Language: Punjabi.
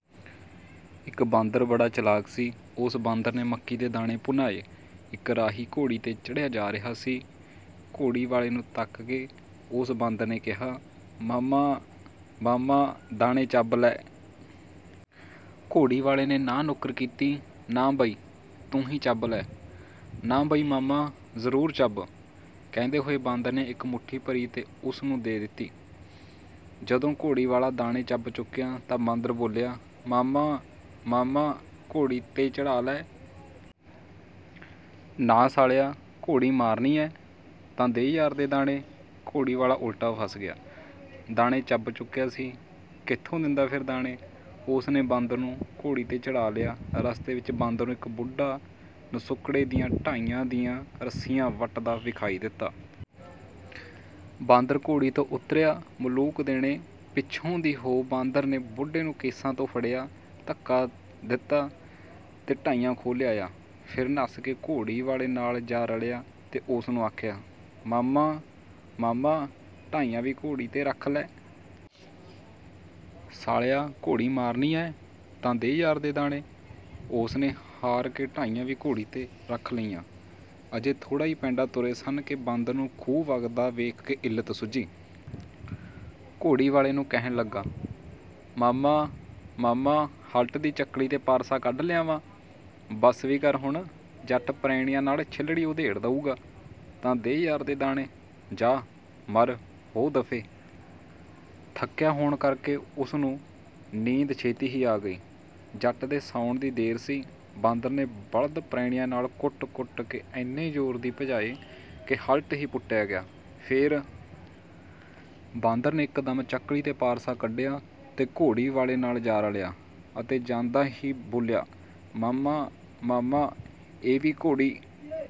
ਇੱਕ ਬਾਂਦਰ ਬੜਾ ਚਲਾਕ ਸੀ। ਓਸ ਬਾਂਦਰ ਨੇ ਮੱਕੀ ਦੇ ਦਾਣੇ ਭੁੰਨਾਏ। ਇੱਕ ਰਾਹੀ ਘੋੜੀ 'ਤੇ ਚੜ੍ਹਿਆ ਜਾ ਰਿਹਾ ਸੀ। ਘੋੜੀ ਵਾਲੇ ਨੂੰ ਤੱਕ ਕੇ ਓਸ ਬਾਂਦਰ ਨੇ ਕਿਹਾ, "ਮਾਮਾ, ਮਾਮਾ, ਦਾਣੇ ਚੱਬ ਲੈ।" ਘੋੜੀ ਵਾਲੇ ਨੇ ਨਾਂਹ-ਨੁੱਕਰ ਕੀਤੀ, "ਨਾ ਬਈ, ਤੂੰ ਹੀ ਚੱਬ ਲੈ।" "ਨਾ ਬਈ ਮਾਮਾ, ਜ਼ਰੂਰ ਚੱਬ," ਕਹਿੰਦੇ ਹੋਏ ਬਾਂਦਰ ਨੇ ਇੱਕ ਮੁੱਠੀ ਭਰੀ ਤੇ ਓਸ ਨੂੰ ਦੇ ਦਿੱਤੀ। ਜਦੋਂ ਘੋੜੀ ਵਾਲਾ ਦਾਣੇ ਚੱਬ ਚੁੱਕਿਆ ਤਾਂ ਬਾਂਦਰ ਬੋਲਿਆ, "ਮਾਮਾ, ਮਾਮਾ, ਘੋੜੀ 'ਤੇ ਚੜ੍ਹਾ ਲੈ।" "ਨਾ ਸਾਲਿਆ, ਘੋੜੀ ਮਾਰਨੀ ਐਂ।" "ਤਾਂ ਦੇ ਯਾਰ ਦੇ ਦਾਣੇ।" ਘੋੜੀ ਵਾਲਾ ਉਲਟਾ ਫਸ ਗਿਆ। ਦਾਣੇ ਚੱਬ ਚੁੱਕਿਆ ਸੀ, ਕਿੱਥੋਂ ਦਿੰਦਾ ਫੇਰ ਦਾਣੇ? ਓਸ ਨੇ ਬਾਂਦਰ ਨੂੰ ਘੋੜੀ 'ਤੇ ਚੜ੍ਹਾ ਲਿਆ। ਰਸਤੇ ਵਿੱਚ ਬਾਂਦਰ ਨੂੰ ਇੱਕ ਬੁੱਢਾ ਨਸੁੱਕੜੇ ਦੀਆਂ ਢਾਈਆਂ ਦੀਆਂ ਰੱਸੀਆਂ ਵੱਟਦਾ ਵਿਖਾਈ ਦਿੱਤਾ। ਬਾਂਦਰ ਘੋੜੀ ਤੋਂ ਉਤਰਿਆ। ਮਲੂਕ ਦੇਣੇ ਪਿੱਛੋਂ ਦੀ ਹੋ ਬਾਂਦਰ ਨੇ ਬੁੱਢੇ ਨੂੰ ਕੇਸਾਂ ਤੋਂ ਫੜਿਆ, ਧੱਕਾ ਦਿੱਤਾ ਤੇ ਢਾਈਆਂ ਖੋਹ ਲਿਆਇਆ। ਫਿਰ ਨੱਸ ਕੇ ਘੋੜੀ ਵਾਲੇ ਨਾਲ ਜਾ ਰਲਿਆ ਤੇ ਓਸ ਨੂੰ ਆਖਿਆ, "ਮਾਮਾ, ਮਾਮਾ, ਢਾਈਆਂ ਵੀ ਘੋੜੀ 'ਤੇ ਰਖਾ ਲੈ।" "ਸਾਲਿਆ, ਘੋੜੀ ਮਾਰਨੀ ਐਂ।" "ਤਾਂ ਦੇ ਯਾਰ ਦੇ ਦਾਣੇ।" ਓਸ ਨੇ ਹਾਰ ਕੇ ਢਾਈਆਂ ਵੀ ਘੋੜੀ 'ਤੇ ਰੱਖ ਲਈਆਂ। ਅਜੇ ਥੋੜ੍ਹਾ ਹੀ ਪੈਂਡਾ ਤੁਰੇ ਸਨ ਕਿ ਬਾਂਦਰ ਨੂੰ ਖੂਹ ਵਗਦਾ ਵੇਖ ਕੇ ਇਲਤ ਸੁੱਝੀ। ਘੋੜੀ ਵਾਲੇ ਨੂੰ ਕਹਿਣ ਲੱਗਾ, "ਮਾਮਾ, ਮਾਮਾ, ਹਲਟ ਦੀ ਚੱਕਲੀ ਤੇ ਪਾਰਸਾ ਕੱਢ ਲਿਆਵਾਂ।" "ਬਸ ਵੀ ਕਰ ਹੁਣ। ਜੱਟ ਪਰੈਣੀਆਂ ਨਾਲ ਛਿਲੜੀ ਉਧੇੜ ਦਊਗਾ।" "ਤਾਂ ਦੇ ਯਾਰ ਦੇ ਦਾਣੇ।" "ਜਾਹ ਮਰ ਹੋ ਦਫੇ।" ਥੱਕਿਆ ਹੋਣ ਕਰਕੇ ਓਸ ਨੂੰ ਨੀਂਦ ਛੇਤੀ ਹੀ ਆ ਗਈ। ਜੱਟ ਦੇ ਸੌਣ ਦੀ ਦੇਰ ਸੀ, ਬਾਂਦਰ ਨੇ ਬਲਦ ਪਰੈਣੀਆਂ ਨਾਲ ਕੁੱਟ-ਕੁੱਟ ਕੇ ਇੰਨੇ ਜ਼ੋਰ ਦੀ ਭਜਾਏ ਕਿ ਹਲਟ ਹੀ ਪੁੱਟਿਆ ਗਿਆ। ਫੇਰ ਬਾਂਦਰ ਨੇ ਇੱਕਦਮ ਚੱਕਲੀ ਤੇ ਪਾਰਸਾ ਕੱਢਿਆ ਤੇ ਘੋੜੀ ਵਾਲੇ ਨਾਲ ਜਾ ਰਲਿਆ ਅਤੇ ਜਾਂਦਾ ਹੀ ਬੋਲਿਆ, "ਮਾਮਾ, ਮਾਮਾ, ਇਹ ਵੀ ਘੋੜੀ